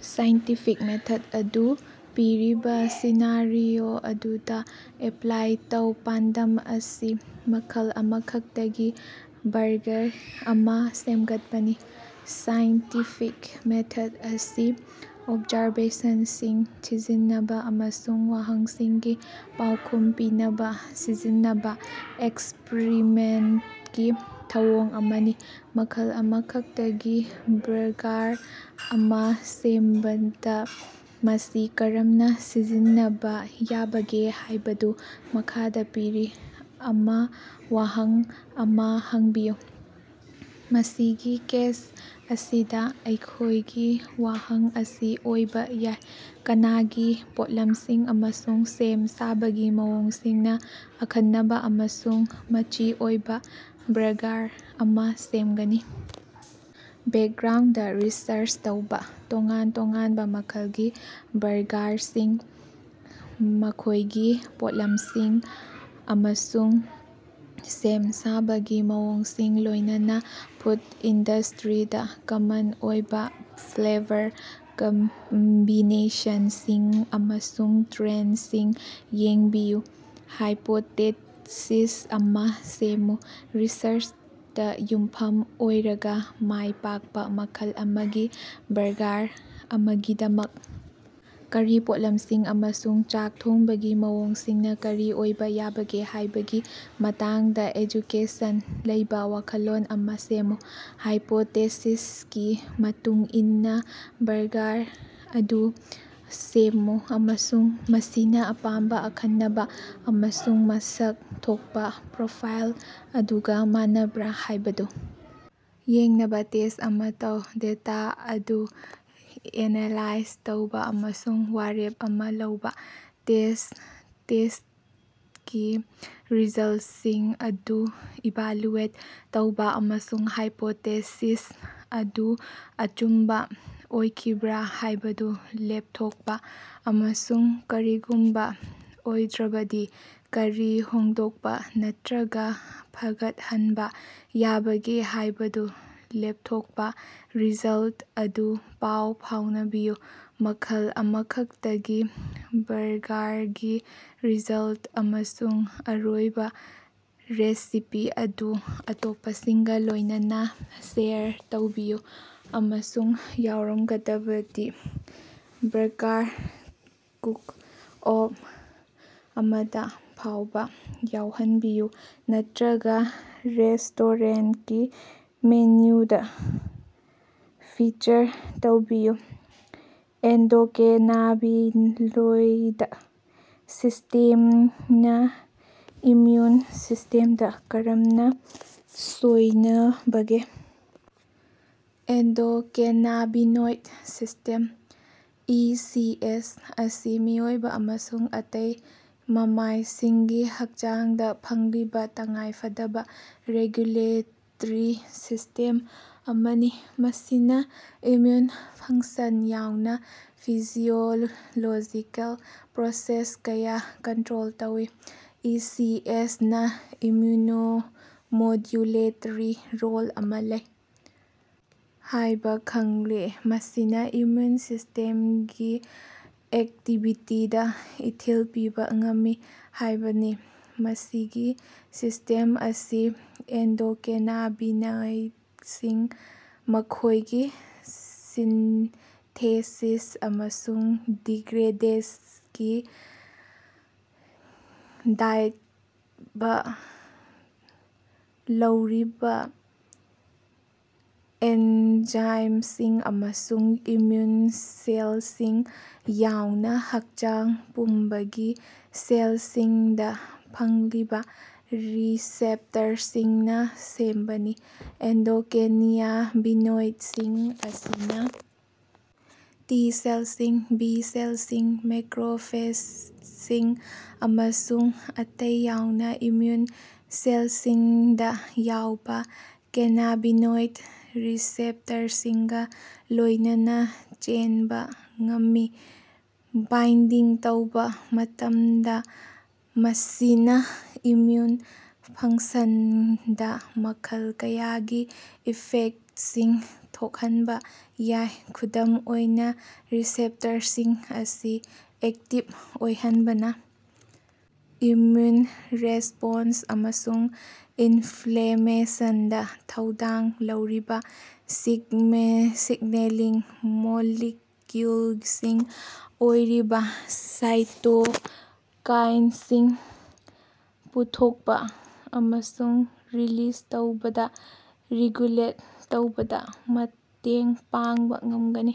Scientific ꯃꯦꯊꯗ ꯑꯗꯨ ꯄꯤꯔꯤꯕ ꯁꯤꯅꯥꯔꯤꯑꯣ ꯑꯗꯨꯗ ꯑꯦꯄ꯭ꯂꯥꯏ ꯇꯧ꯫ ꯄꯥꯟꯗꯝ ꯑꯁꯤ ꯃꯈꯜ ꯑꯃꯈꯛꯇꯒꯤ ꯕꯔꯒꯔ ꯑꯃ ꯁꯦꯝꯒꯠꯄꯅꯤ꯫ ꯁꯥꯏꯟꯇꯤꯐꯤꯛ ꯃꯦꯊꯗ ꯑꯁꯤ ꯑꯣꯕꯖꯥꯔꯕꯦꯁꯟꯁꯤꯡ ꯊꯤꯖꯤꯟꯅꯕ ꯑꯃꯁꯨꯡ ꯋꯥꯍꯪꯁꯤꯡꯒꯤ ꯄꯥꯎꯈꯨꯝ ꯄꯤꯅꯕ ꯁꯤꯖꯤꯟꯅꯕ ꯑꯦꯛꯁ꯭ꯄꯔꯤꯃꯦꯟꯇꯀꯤ ꯊꯧꯑꯣꯡ ꯑꯃꯅꯤ꯫ ꯃꯈꯜ ꯑꯃꯈꯛꯇꯒꯤ ꯕꯔꯒꯥꯔ ꯑꯃ ꯁꯦꯝꯕꯗ ꯃꯁꯤ ꯀꯔꯝꯅ ꯁꯤꯖꯤꯟꯅꯕ ꯌꯥꯕꯒꯦ ꯍꯥꯏꯕꯗꯨ ꯃꯈꯥꯗ ꯄꯤꯔꯤ ꯑꯃ ꯋꯥꯍꯪ ꯑꯃ ꯍꯪꯕꯤꯌꯨ꯫ ꯃꯁꯤꯒꯤ ꯀꯦꯁ ꯑꯁꯤꯗ ꯑꯩꯈꯣꯌꯒꯤ ꯋꯥꯍꯪ ꯑꯁꯤ ꯑꯣꯏꯕ ꯌꯥꯏ: "ꯀꯅꯥꯒꯤ ꯄꯣꯠꯂꯝꯁꯤꯡ ꯑꯃꯁꯨꯡ ꯁꯦꯝ ꯁꯥꯕꯒꯤ ꯃꯑꯣꯡꯁꯤꯡꯅ ꯑꯈꯟꯅꯕ ꯑꯃꯁꯨꯡ ꯃꯆꯤ ꯑꯣꯏꯕ ꯕꯔꯒꯥꯔ ꯑꯃ ꯁꯦꯝꯒꯅꯤ꯫"? ꯕꯦꯛꯒ꯭ꯔꯥꯎꯟꯗ ꯔꯤꯁꯔꯆ ꯇꯧꯕ꯫ ꯇꯣꯉꯥꯟ ꯇꯣꯉꯥꯟꯕ ꯃꯈꯜꯒꯤ ꯕꯔꯒꯥꯔꯁꯤꯡ, ꯃꯈꯣꯏꯒꯤ ꯄꯣꯠꯂꯝꯁꯤꯡ, ꯑꯃꯁꯨꯡ ꯁꯦꯝ ꯁꯥꯕꯒꯤ ꯃꯑꯣꯡꯁꯤꯡ, ꯂꯣꯏꯅꯅ ꯐꯨꯗ ꯏꯟꯗꯁꯇꯔꯤꯗꯥ ꯀꯃꯟ ꯑꯣꯏꯕ ꯐ꯭ꯂꯦꯕꯔ ꯀꯝꯕꯤꯅꯦꯁꯟꯁꯤꯡ ꯑꯃꯁꯨꯡ ꯇ꯭ꯔꯦꯟꯗꯁꯤꯡ ꯌꯦꯡꯕꯤꯌꯨ꯫ ꯍꯥꯏꯄꯣꯇꯦꯁꯤꯁ ꯑꯃ ꯁꯦꯝꯃꯨ꯫ ꯔꯤꯁꯔꯆꯇ ꯌꯨꯝꯐꯝ ꯑꯣꯏꯔꯒ, ꯃꯥꯏꯄꯥꯛꯄ ꯃꯈꯜ ꯑꯃꯒꯤ ꯕꯔꯒꯥꯔ ꯑꯃꯒꯤꯗꯃꯛ ꯀꯔꯤ ꯄꯣꯠꯂꯝꯁꯤꯡ ꯑꯃꯁꯨꯡ ꯆꯥꯛ ꯊꯣꯡꯕꯒꯤ ꯃꯑꯣꯡꯁꯤꯡꯅ ꯀꯔꯤ ꯑꯣꯏꯕ ꯌꯥꯕꯒꯦ ꯍꯥꯏꯕꯒꯤ ꯃꯇꯥꯡꯗ ꯑꯦꯖꯨꯀꯦꯁꯟ ꯂꯩꯕ ꯋꯥꯈꯜꯂꯣꯟ ꯑꯃ ꯁꯦꯝꯃꯨ꯫ ꯍꯥꯏꯄꯣꯇꯦꯁꯤꯁꯀꯤ ꯃꯇꯨꯡ ꯏꯟꯅ ꯕꯔꯒꯥꯔ ꯑꯗꯨ ꯁꯦꯝꯃꯨ ꯑꯃꯁꯨꯡ ꯃꯁꯤꯅ ꯑꯄꯥꯝꯕ ꯑꯈꯟꯅꯕ ꯑꯃꯁꯨꯡ ꯃꯁꯛ ꯊꯣꯛꯄ ꯄ꯭ꯔꯣꯐꯥꯏꯜ ꯑꯗꯨꯒ ꯃꯥꯟꯅꯕ꯭ꯔ ꯍꯥꯏꯕꯗꯨ ꯌꯦꯡꯅꯕ ꯇꯦꯁ꯭ꯠ ꯑꯃ ꯇꯧ꯫ ꯗꯦꯇꯥ ꯑꯗꯨ ꯑꯦꯅꯥꯂꯥꯏꯖ ꯇꯧꯕ ꯑꯃꯁꯨꯡ ꯋꯥꯔꯦꯞ ꯑꯃ ꯂꯧꯕ꯫ ꯇꯦꯁ꯭ꯠ ꯇꯦꯁ꯭ꯇꯀꯤ ꯔꯤꯖꯜꯁꯤꯡ ꯑꯗꯨ ꯏꯚꯥꯂꯨꯑꯦꯠ ꯇꯧꯕ ꯑꯃꯁꯨꯡ ꯍꯥꯏꯄꯣꯇꯦꯁꯤꯁ ꯑꯗꯨ ꯑꯆꯨꯝꯕ ꯑꯣꯏꯈꯤꯕ꯭ꯔ ꯍꯥꯏꯕꯗꯨ ꯂꯦꯞꯊꯣꯛꯄ, ꯑꯃꯁꯨꯡ ꯀꯔꯤꯒꯨꯝꯕ ꯑꯣꯏꯗ꯭ꯔꯕꯗꯤ ꯀꯔꯤ ꯍꯣꯡꯗꯣꯛꯄ ꯅꯠꯇꯔꯒ ꯐꯒꯠꯍꯟꯕ ꯌꯥꯕꯒꯦ ꯍꯥꯏꯕꯗꯨ ꯂꯦꯞꯊꯣꯛꯄ꯫ ꯔꯤꯖꯜꯇ ꯑꯗꯨ ꯄꯥꯎ ꯐꯥꯎꯅꯕꯤꯌꯨ꯫ ꯃꯈꯜ ꯑꯃꯈꯛꯇꯒꯤ ꯕꯔꯒꯥꯔꯒꯤ ꯔꯤꯖꯜꯇ ꯑꯃꯁꯨꯡ ꯑꯔꯣꯏꯕ ꯔꯦꯁꯤꯄꯤ ꯑꯗꯨ ꯑꯇꯣꯞꯄꯁꯤꯡꯒ ꯂꯣꯏꯅꯅ ꯁꯦꯌꯔ ꯇꯧꯕꯤꯌꯨ, ꯑꯃꯁꯨꯡ ꯌꯥꯎꯔꯝꯒꯗꯕꯗꯤ ꯕꯔꯒꯥꯔ ꯀꯨꯛ-ꯑꯣꯐ ꯑꯃꯗ ꯐꯥꯎꯕ ꯌꯥꯎꯍꯟꯕꯤꯌꯨ ꯅꯠꯇꯔꯒ ꯔꯦꯁ꯭ꯇꯣꯔꯦꯟꯇꯀꯤ ꯃꯦꯅꯨꯗ ꯐꯤꯆꯔ ꯇꯧꯕꯤꯌꯨ꯫ ꯑꯦꯟꯗꯣꯀꯦꯅꯥꯕꯤꯅꯣꯏꯗ ꯁꯤꯁ꯭ꯇꯦꯝꯅ ꯏꯝꯃꯌꯨꯟ ꯁꯤꯁ꯭ꯇꯦꯝꯗ ꯀꯔꯝꯅ ꯁꯣꯏꯅꯕꯒꯦ? Endocannabinoid system (E. ꯁꯤ. ꯑꯦꯁ.) ꯑꯁꯤ ꯃꯤꯑꯣꯏꯕ ꯑꯃꯁꯨꯡ ꯑꯇꯩ ꯃꯃꯥꯏꯁꯤꯡꯒꯤ ꯍꯛꯆꯥꯡꯗ ꯐꯪꯂꯤꯕ ꯇꯉꯥꯏꯐꯗꯕ ꯔꯦꯒꯨꯂꯦꯇꯔꯤ ꯁꯤꯁ꯭ꯇꯦꯝ ꯑꯃꯅꯤ꯫ ꯃꯁꯤꯅ ꯏꯝꯃ꯭ꯌꯨꯟ ꯐꯪꯁꯟ ꯌꯥꯎꯅ ꯐꯤꯖꯤꯑꯣꯂꯣꯖꯤꯀꯦꯜ ꯄ꯭ꯔꯣꯁꯦꯁ ꯀꯌꯥ ꯀꯟꯇ꯭ꯔꯣꯜ ꯇꯧꯏ꯫ ꯏ. ꯁꯤ. ꯑꯦꯁ. ꯅꯥ ꯏꯝꯃ꯭ꯌꯨꯅꯣꯃꯣꯗ꯭ꯌꯨꯂꯦꯇꯔꯤ ꯔꯣꯜ ꯑꯃ ꯂꯩ ꯍꯥꯏꯕ ꯈꯪꯂꯦ, ꯃꯁꯤꯅ ꯏꯝꯃꯌꯨꯟ ꯁꯤꯁ꯭ꯇꯦꯝꯒꯤ ꯑꯦꯛꯇꯤꯚꯤꯇꯤꯗ ꯏꯊꯤꯜ ꯄꯤꯕ ꯉꯝꯃꯤ ꯍꯥꯏꯕꯅꯤ꯫ ꯃꯁꯤꯒꯤ ꯁꯤꯁ꯭ꯇꯦꯝ ꯑꯁꯤ ꯑꯦꯟꯗꯣꯀꯦꯅꯥꯕꯤꯅꯣꯏꯗꯁꯤꯡ, ꯃꯈꯣꯏꯒꯤ ꯁꯤꯟꯊꯦꯁꯤꯁ ꯑꯃꯁꯨꯡ ꯗꯤꯒ꯭ꯔꯦꯗꯦꯁꯒꯤ ꯗꯥꯌꯠꯕ ꯂꯧꯔꯤꯕꯥ ꯑꯦꯟꯖꯥꯏꯝꯁꯤꯡ ꯑꯃꯁꯨꯡ ꯏꯝꯃꯌꯨꯟ ꯁꯦꯜꯁꯤꯡ ꯌꯥꯎꯅ ꯍꯛꯆꯥꯡ ꯄꯨꯝꯕꯒꯤ ꯁꯦꯜꯁꯤꯡꯗ ꯐꯪꯂꯤꯕ ꯔꯤꯁꯦꯞꯇꯔꯁꯤꯡꯅ ꯁꯦꯝꯕꯅꯤ꯫ ꯑꯦꯟꯗꯣꯀꯦꯅꯥꯕꯤꯅꯣꯏꯗꯁꯤꯡ ꯑꯁꯤꯅ ꯇꯤ ꯁꯦꯜꯁꯤꯡ, ꯕꯤ ꯁꯦꯜꯁꯤꯡ, ꯃꯦꯀꯔꯣꯐꯦꯖꯁꯤꯡ ꯑꯃꯁꯨꯡ ꯑꯇꯩ ꯌꯥꯎꯅ ꯏꯝꯃꯌꯨꯟ ꯁꯦꯜꯁꯤꯡꯗ ꯌꯥꯎꯕ ꯀꯦꯅꯥꯕꯤꯅꯣꯏꯗ ꯔꯤꯁꯦꯞꯇꯔꯁꯤꯡꯒ ꯂꯣꯏꯅꯅ ꯆꯦꯟꯕ ꯉꯝꯃꯤ꯫ ꯕꯥꯏꯟꯗꯤꯡ ꯇꯧꯕ ꯃꯇꯝꯗ, ꯃꯁꯤꯅ ꯏꯝꯃꯌꯨꯟ ꯐꯪꯁꯟꯗ ꯃꯈꯜ ꯀꯌꯥꯒꯤ ꯏꯐꯦꯛꯇꯁꯤꯡ ꯊꯣꯛꯍꯟꯕ ꯌꯥꯏ꯫ ꯈꯨꯗꯝ ꯑꯣꯏꯅ, ꯔꯤꯁꯦꯞꯇꯔꯁꯤꯡ ꯑꯁꯤ ꯑꯦꯛꯇꯤꯚ ꯑꯣꯏꯍꯟꯕꯅ ꯏꯝꯃꯌꯨꯟ ꯔꯦꯁꯄꯣꯟꯁ ꯑꯃꯁꯨꯡ ꯏꯟꯐ꯭ꯂꯦꯃꯦꯁꯟꯗ ꯊꯧꯗꯥꯡ ꯂꯧꯔꯤꯕ ꯁꯤꯒꯅꯦꯂꯤꯡ ꯃꯣꯂꯤꯛꯌꯨꯜꯁꯤꯡ ꯑꯣꯏꯔꯤꯕ ꯁꯥꯏꯇꯣꯀꯥꯏꯟꯁꯤꯡ ꯄꯨꯊꯣꯛꯄ ꯑꯃꯁꯨꯡ ꯔꯤꯂꯤꯖ ꯇꯧꯕꯗ ꯔꯤꯒꯨꯂꯦꯠ ꯇꯧꯕꯗ ꯃꯇꯦꯡ ꯄꯥꯡꯕ ꯉꯝꯒꯅꯤ꯫